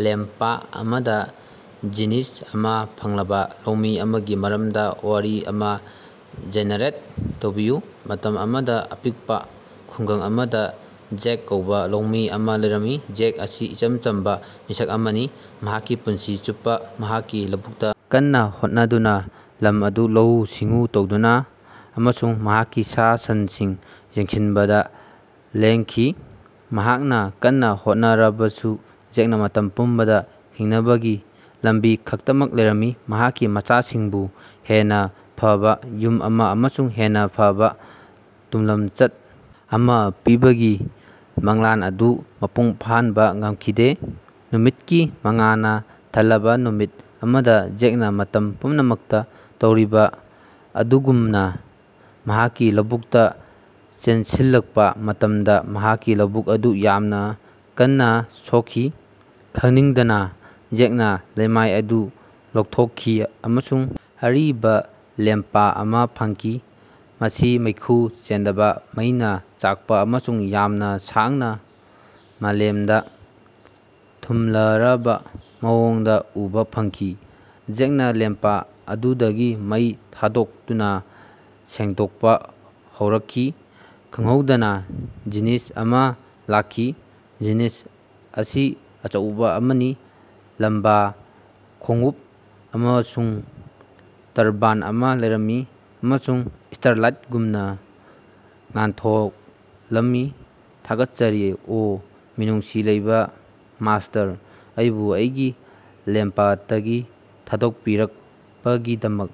Lamp ꯑꯃꯥꯗ genius ꯑꯃꯥ ꯐꯪꯂꯕꯥ ꯂꯧꯃꯤ ꯑꯃꯒꯤ ꯃꯔꯝꯗꯥ ꯋꯥꯔꯤ ꯑꯃꯥ ꯖꯦꯅꯦꯔꯦꯠ ꯇꯧꯕꯤꯌꯨ꯫ ꯃꯇꯝ ꯑꯃꯗꯥ ꯑꯄꯤꯛꯄꯥ ꯈꯨꯡꯒꯪ ꯑꯃꯗꯥ ꯖꯦꯛ ꯀꯧꯕ ꯂꯧꯃꯤ ꯑꯃꯥ ꯂꯩꯔꯝꯃꯤ꯫ ꯖꯦꯛ ꯑꯁꯤ ꯏꯆꯝ ꯆꯝꯕꯥ ꯃꯤꯁꯛ ꯑꯃꯅꯤ, ꯃꯍꯥꯛꯀꯤ ꯄꯨꯟꯁꯤ ꯆꯨꯞꯄꯥ ꯃꯍꯥꯛꯀꯤ ꯂꯧꯕꯨꯛꯇꯥ ꯀꯟꯅꯥ ꯍꯣꯠꯅꯗꯨꯅꯥ, ꯂꯝ ꯑꯗꯨ ꯂꯧꯎ ꯁꯤꯡꯎ ꯇꯧꯗꯨꯅꯥ ꯑꯃꯁꯨꯡ ꯃꯍꯥꯛꯀꯤ ꯁꯥ ꯁꯟꯁꯤꯡ ꯌꯦꯡꯁꯤꯟꯕꯗꯥ ꯂꯦꯡꯈꯤ꯫ ꯃꯍꯥꯛꯅꯥ ꯀꯟꯅꯥ ꯍꯣꯠꯅꯔꯕꯁꯨ ꯖꯦꯛꯅꯥ ꯃꯇꯝ ꯄꯨꯝꯕꯗꯥ ꯍꯤꯡꯅꯕꯒꯤ ꯂꯝꯕꯤ ꯈꯛꯇꯃꯛ ꯂꯩꯔꯝꯃꯤ꯫ ꯃꯍꯥꯛꯀꯤ ꯃꯆꯥꯁꯤꯡꯕꯨ ꯍꯦꯟꯅꯥ ꯐꯕꯥ ꯌꯨꯝ ꯑꯃꯥ ꯑꯃꯁꯨꯡ ꯍꯦꯟꯅꯥ ꯐꯕꯥ ꯇꯨꯡꯂꯝꯆꯠ ꯑꯃꯥ ꯄꯤꯕꯒꯤ ꯃꯪꯂꯥꯟ ꯑꯗꯨ ꯃꯄꯨꯡ ꯐꯥꯍꯟꯕꯥ ꯉꯝꯈꯤꯗꯦ꯫ ꯅꯨꯃꯤꯠꯀꯤ ꯃꯉꯥꯜꯅꯥ ꯊꯜꯂꯕꯥ ꯅꯨꯃꯤꯠ ꯑꯃꯗꯥ ꯖꯦꯛꯅꯥ ꯃꯇꯝ ꯄꯨꯝꯅꯃꯛꯇꯥ ꯇꯧꯔꯤꯕꯥ ꯑꯗꯨꯒꯨꯝꯅꯥ ꯃꯍꯥꯛꯀꯤ ꯂꯧꯕꯨꯛꯇꯥ ꯆꯦꯟꯁꯤꯜꯂꯛꯄꯥ ꯃꯇꯝꯗꯥ ꯃꯍꯥꯛꯀꯤ ꯂꯧꯕꯨꯛ ꯑꯗꯨ ꯌꯥꯝꯅꯥ ꯀꯟꯅꯥ ꯁꯣꯛꯈꯤ꯫ ꯈꯪꯅꯤꯡꯗꯅꯥ ꯖꯦꯛꯅꯥ ꯂꯩꯃꯥꯏ ꯑꯗꯨ ꯂꯧꯊꯣꯛꯈꯤ ꯑꯃꯁꯨꯡ ꯑꯔꯤꯕꯥ ꯂꯦꯝꯄ ꯑꯃꯥ ꯐꯪꯈꯤ꯫ ꯃꯁꯤ ꯃꯩꯈꯨ ꯆꯦꯟꯗꯕꯥ ꯃꯩꯅꯥ ꯆꯥꯛꯄꯥ ꯑꯃꯁꯨꯡ ꯌꯥꯝꯅꯥ ꯁꯥꯡꯅꯥ ꯃꯥꯂꯦꯝꯗꯥ ꯊꯨꯡꯂꯔꯕꯥ ꯃꯑꯣꯡꯗꯥ ꯎꯕꯥ ꯐꯪꯈꯤ꯫ ꯖꯦꯛꯅꯥ ꯂꯦꯝꯄ ꯑꯗꯨꯗꯒꯤ ꯃꯩ ꯊꯥꯗꯣꯛꯇꯨꯅꯥ ꯁꯦꯡꯗꯣꯛꯄꯥ ꯍꯧꯔꯛꯈꯤ, ꯈꯪꯍꯧꯗꯅꯥ ꯖꯤꯅꯤꯁ ꯑꯃꯥ ꯂꯥꯛꯈꯤ꯫ꯖꯤꯅꯤꯁ ꯑꯁꯤ ꯑꯆꯧꯕꯥ ꯑꯃꯅꯤ ꯂꯝꯕꯥ ꯈꯣꯡꯎꯞ ꯑꯃꯁꯨꯡ ꯇꯔꯕꯥꯟ ꯑꯃꯥ ꯂꯩꯔꯝꯃꯤ, ꯑꯃꯁꯨꯡ ꯁ꯭ꯇꯥꯔꯂꯥꯏꯠꯒꯨꯝꯅꯥ ꯉꯥꯟꯊꯣꯛꯂꯝꯃꯤ꯫ ꯊꯥꯒꯠꯆꯔꯤ ꯑꯣ ꯃꯤꯅꯨꯡꯁꯤ ꯂꯩꯕꯥ ꯃꯥꯁ꯭ꯇꯔ, ꯑꯩꯕꯨ ꯑꯩꯒꯤ ꯂꯦꯝꯄꯇꯒꯤ ꯊꯥꯗꯣꯛꯄꯤꯔꯛꯄꯒꯤꯗꯃꯛ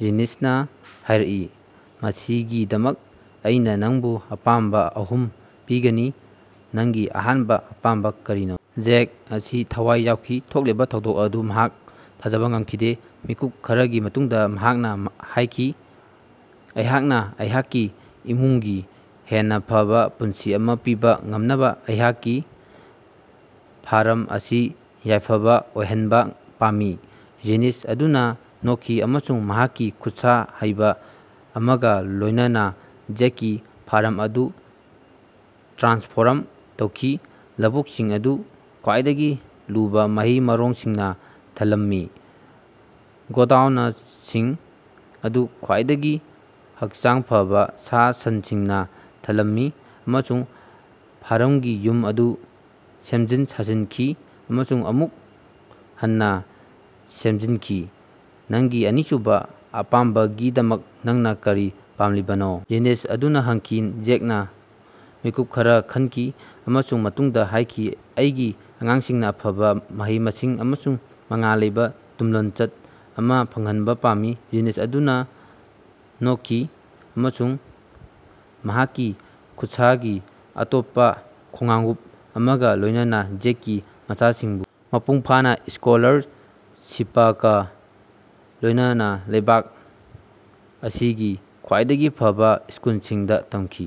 ꯖꯤꯅꯤꯁꯅꯥ ꯍꯥꯏꯔꯛꯏ ꯃꯁꯤꯒꯤꯗꯃꯛ ꯑꯩꯅꯥ ꯅꯪꯕꯨ ꯑꯄꯥꯝꯕꯥ ꯑꯍꯨꯝ ꯄꯤꯒꯅꯤ꯫ ꯅꯪꯒꯤ ꯑꯍꯥꯟꯕꯥ ꯑꯄꯥꯝꯕꯥ ꯀꯔꯤꯅꯣ? ꯖꯦꯛ ꯑꯁꯤ ꯊꯋꯥꯏ ꯌꯥꯎꯈꯤ꯫ ꯊꯣꯛꯂꯤꯕꯥ ꯊꯧꯗꯣꯛ ꯑꯗꯨ ꯃꯍꯥꯛ ꯊꯥꯖꯕꯥ ꯉꯝꯈꯤꯗꯦ꯫ ꯃꯤꯀꯨꯞ ꯈꯔꯒꯤ ꯃꯇꯨꯡꯗꯥ ꯃꯍꯥꯛꯅꯥ ꯍꯥꯏꯈꯤ, ꯑꯩꯍꯥꯛꯅꯥ ꯑꯩꯍꯥꯛꯀꯤ ꯏꯃꯨꯡꯒꯤ ꯍꯦꯟꯅꯥ ꯐꯕꯥ ꯄꯨꯟꯁꯤ ꯑꯃꯥ ꯄꯤꯕꯥ ꯉꯝꯅꯕꯥ ꯑꯩꯍꯥꯛꯀꯤ ꯐꯥꯔꯝ ꯑꯁꯤ ꯌꯥꯏꯐꯕꯥ ꯑꯣꯏꯍꯟꯕꯥ ꯄꯥꯝꯃꯤ꯫ ꯖꯤꯅꯤꯁ ꯑꯗꯨꯅꯥ ꯅꯣꯛꯈꯤ ꯑꯃꯁꯨꯡ ꯃꯍꯥꯛꯀꯤ ꯈꯨꯠꯁꯥ ꯍꯩꯕꯥ ꯑꯃꯒꯥ ꯂꯣꯏꯅꯅꯥ ꯖꯦꯛꯀꯤ ꯐꯥꯔꯝ ꯑꯗꯨ ꯇ꯭ꯔꯥꯟꯁꯐꯣꯔꯝ ꯇꯧꯈꯤ꯫ ꯂꯧꯕꯨꯛꯁꯤꯡ ꯑꯗꯨ ꯈ꯭ꯋꯥꯏꯗꯒꯤ ꯂꯨꯕꯥ ꯃꯍꯩ-ꯃꯔꯣꯡꯁꯤꯡꯅꯥ ꯊꯜꯂꯝꯃꯤ, ꯒꯣꯗꯥꯎꯅꯁꯤꯡ ꯑꯗꯨ ꯈ꯭ꯋꯥꯏꯗꯒꯤ ꯍꯛꯆꯥꯡ ꯐꯕꯥ ꯁꯥ-ꯁꯟꯁꯤꯡꯅꯥ ꯊꯜꯂꯝꯃꯤ ꯑꯃꯁꯨꯡ ꯐꯥꯔꯝꯒꯤ ꯌꯨꯝ ꯑꯗꯨ ꯁꯦꯝꯖꯤꯟ-ꯁꯥꯖꯤꯟꯈꯤ ꯑꯃꯁꯨꯡ ꯑꯃꯨꯛ ꯍꯟꯅꯥ ꯁꯦꯝꯖꯤꯟꯈꯤ꯫ ꯅꯪꯒꯤ ꯑꯅꯤꯁꯨꯕꯥ ꯑꯄꯥꯝꯕꯒꯤꯗꯃꯛ ꯅꯪꯅꯥ ꯀꯔꯤ ꯄꯥꯝꯂꯤꯕꯅꯣ? ꯖꯤꯅꯤꯁ ꯑꯗꯨꯅꯥ ꯍꯪꯈꯤ꯫ ꯖꯦꯛꯅꯥ ꯃꯤꯀꯨꯞ ꯈꯔꯥ ꯈꯟꯈꯤ ꯑꯃꯁꯨꯡ ꯃꯇꯨꯡꯗꯥ ꯍꯥꯏꯈꯤ ꯑꯩꯒꯤ ꯑꯉꯥꯡꯁꯤꯡꯅꯥ ꯑꯐꯕꯥ ꯃꯍꯩ-ꯃꯁꯤꯡ ꯑꯃꯁꯨꯡ ꯃꯉꯥꯜ ꯂꯩꯕꯥ ꯇꯨꯡꯂꯝꯆꯠ ꯑꯃꯥ ꯐꯪꯍꯟꯕꯥ ꯄꯥꯝꯃꯤ꯫ ꯖꯤꯅꯤꯁ ꯑꯗꯨꯅꯥ ꯅꯣꯛꯈꯤ ꯑꯃꯁꯨꯡ ꯃꯍꯥꯛꯀꯤ ꯈꯨꯠꯁꯥꯒꯤ ꯑꯇꯣꯞꯄꯥ ꯈꯣꯉꯎꯞ ꯑꯃꯒꯥ ꯂꯣꯏꯅꯅꯥ ꯖꯦꯛꯀꯤ ꯃꯆꯥꯁꯤꯡꯕꯨ ꯃꯄꯨꯡ ꯐꯥꯅꯥ ꯁ꯭ꯀꯣꯂꯥꯔꯁꯤꯄꯀꯥ ꯂꯣꯏꯅꯅꯥ ꯂꯩꯕꯥꯛ ꯑꯁꯤꯒꯤ ꯈ꯭ꯋꯥꯏꯗꯒꯤ ꯐꯕꯥ ꯁ꯭ꯀꯨꯜꯁꯤꯡꯗꯥ ꯇꯝꯈꯤ꯫